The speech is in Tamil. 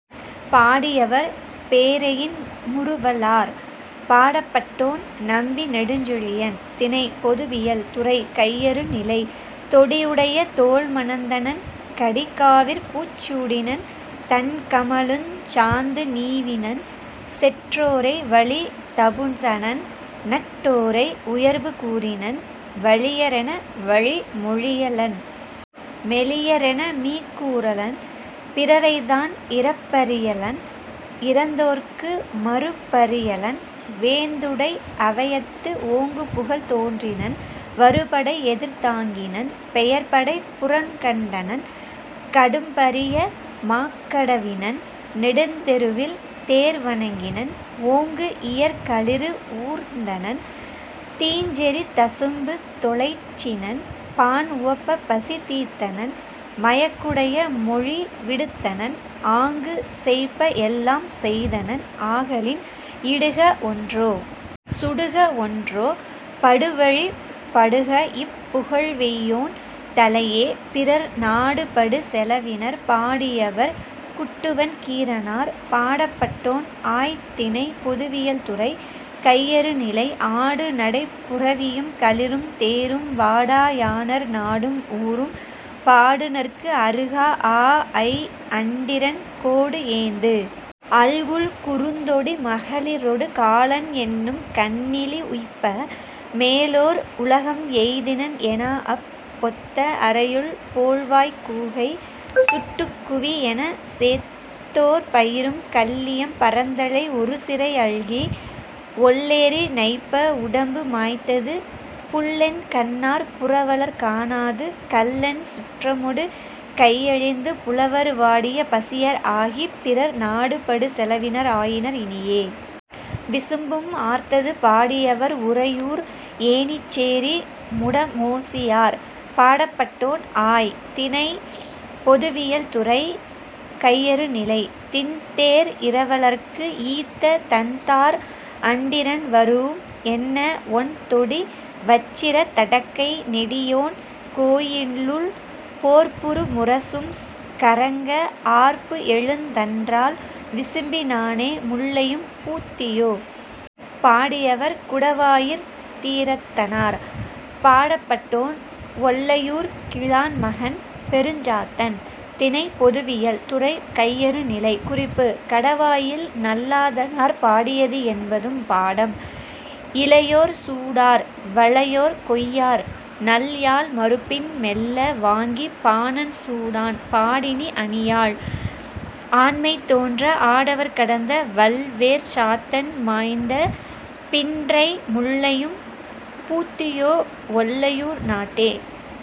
பாடியவர்: பேரெயின் முறுவலார். பாடப்பட்டோன்: நம்பி நெடுஞ்செழியன். திணை: பொதுவியல். துறை: கையறுநிலை. தொடி யுடைய தோள் மணந்தணன்; கடி காவிற் பூச் சூடினன்; தண் கமழுஞ் சாந்து நீவினன்; செற் றோரை வழி தபுத்தனன்; நட் டோரை உயர்பு கூறினன்; வலியரென, வழி மொழியலன்; மெலியரென, மீக் கூறலன்; பிறரைத் தான் இரப் பறியலன்; இரந் தோர்க்கு மறுப் பறியலன்; வேந்துடை அவையத்து ஓங்குபுகழ் தோற்றினன்; வருபடை எதிர் தாங்கினன்; பெயர் படை புறங் கண்டனன்; கடும் பரிய மாக் கடவினன்; நெடுந் தெருவில் தேர் வழங்கினன்; ஓங்கு இயற் களிறு ஊர்ந்தனன்; தீஞ் செறி தசும்பு தொலைச்சினன்; பாண் உவப்பப் பசி தீர்த்தனன்; மயக்குடைய மொழி விடுத்தனன்; ஆங்குச் செய்ப எல்லாம் செய்தனன் ஆகலின்- இடுக ஒன்றோ! சுடுக ஒன்றோ! படுவழிப் படுக, இப் புகழ்வெய்யோன் தலையே!. பிறர் நாடுபடு செலவினர்! பாடியவர்: குட்டுவன் கீரனார். பாடப்பட்டோன்: ஆய். திணை: பொதுவியல். துறை: கையறுநிலை. ஆடு நடைப் புரவியும், களிறும், தேரும், வாடா யாணர் நாடும் ஊரும், பாடுநர்க்கு அருகா ஆஅய் அண்டிரன் கோடுஏந்து அல்குல், குறுந்தொடி மகளிரொடு காலன் என்னும் கண்ணிலி உய்ப்ப, மேலோர் உலகம் எய்தினன் எனாஅப், பொத்த அறையுள் போழ்வாய்க் கூகை, 'சுட்டுக் குவி' எனச் செத்தோர்ப் பயிரும் கள்ளியம் பறந்தலை ஒருசிறை அல்கி, ஒள்ளெரி நைப்ப உடம்பு மாய்த்தது; புல்லென் கண்ணார் புரவலர்க் காணாது, கல்லென் சுற்றமொடு கையழிந்து, புலவர் வாடிய பசியர் ஆகிப், பிறர் நாடுபடு செலவினர் ஆயினர், இனியே.. விசும்பும் ஆர்த்தது! பாடியவர்: உறையூர் ஏணிச்சேரி முடமோசியார். பாடப்பட்டோன்: ஆய். திணை: பொதுவியல். துறை: கையறுநிலை. 'திண்தேர் இரவலர்க்கு, ஈத்த, தண்தார் அண்டிரன் வரூஉம்' என்ன, ஒண்தொடி வச்சிரத் தடக்கை நெடியோன் கோயிலுள், போர்ப்புறு முரசும் கறங்க, ஆர்ப்புஎழுந் தன்றால், விசும்பி னானே.. முல்லையும் பூத்தியோ? பாடியவர்: குடவாயிற் தீரத்தனார். பாடப்பட்டோன்: ஒல்லையூர் கிழான் மகன் பெருஞ்சாத்தன். திணை: பொதுவியல். துறை: கையறுநிலை. குறிப்பு: கடவாயில் நல்லாதனார் பாடியது என்பதும் பாடம். இளையோர் சூடார்; வளையோர் கொய்யார்; நல்யாழ் மருப்பின் மெல்ல வாங்கிப், பாணன் சூடான்; பாடினி அணியாள்; ஆண்மை தோன்ற ஆடவர்க் கடந்த வல்வேற் சாத்தன் மாய்ந்த பின்றை முல்லையும் பூத்தியோ, ஒல்லையூர் நாட்டே?.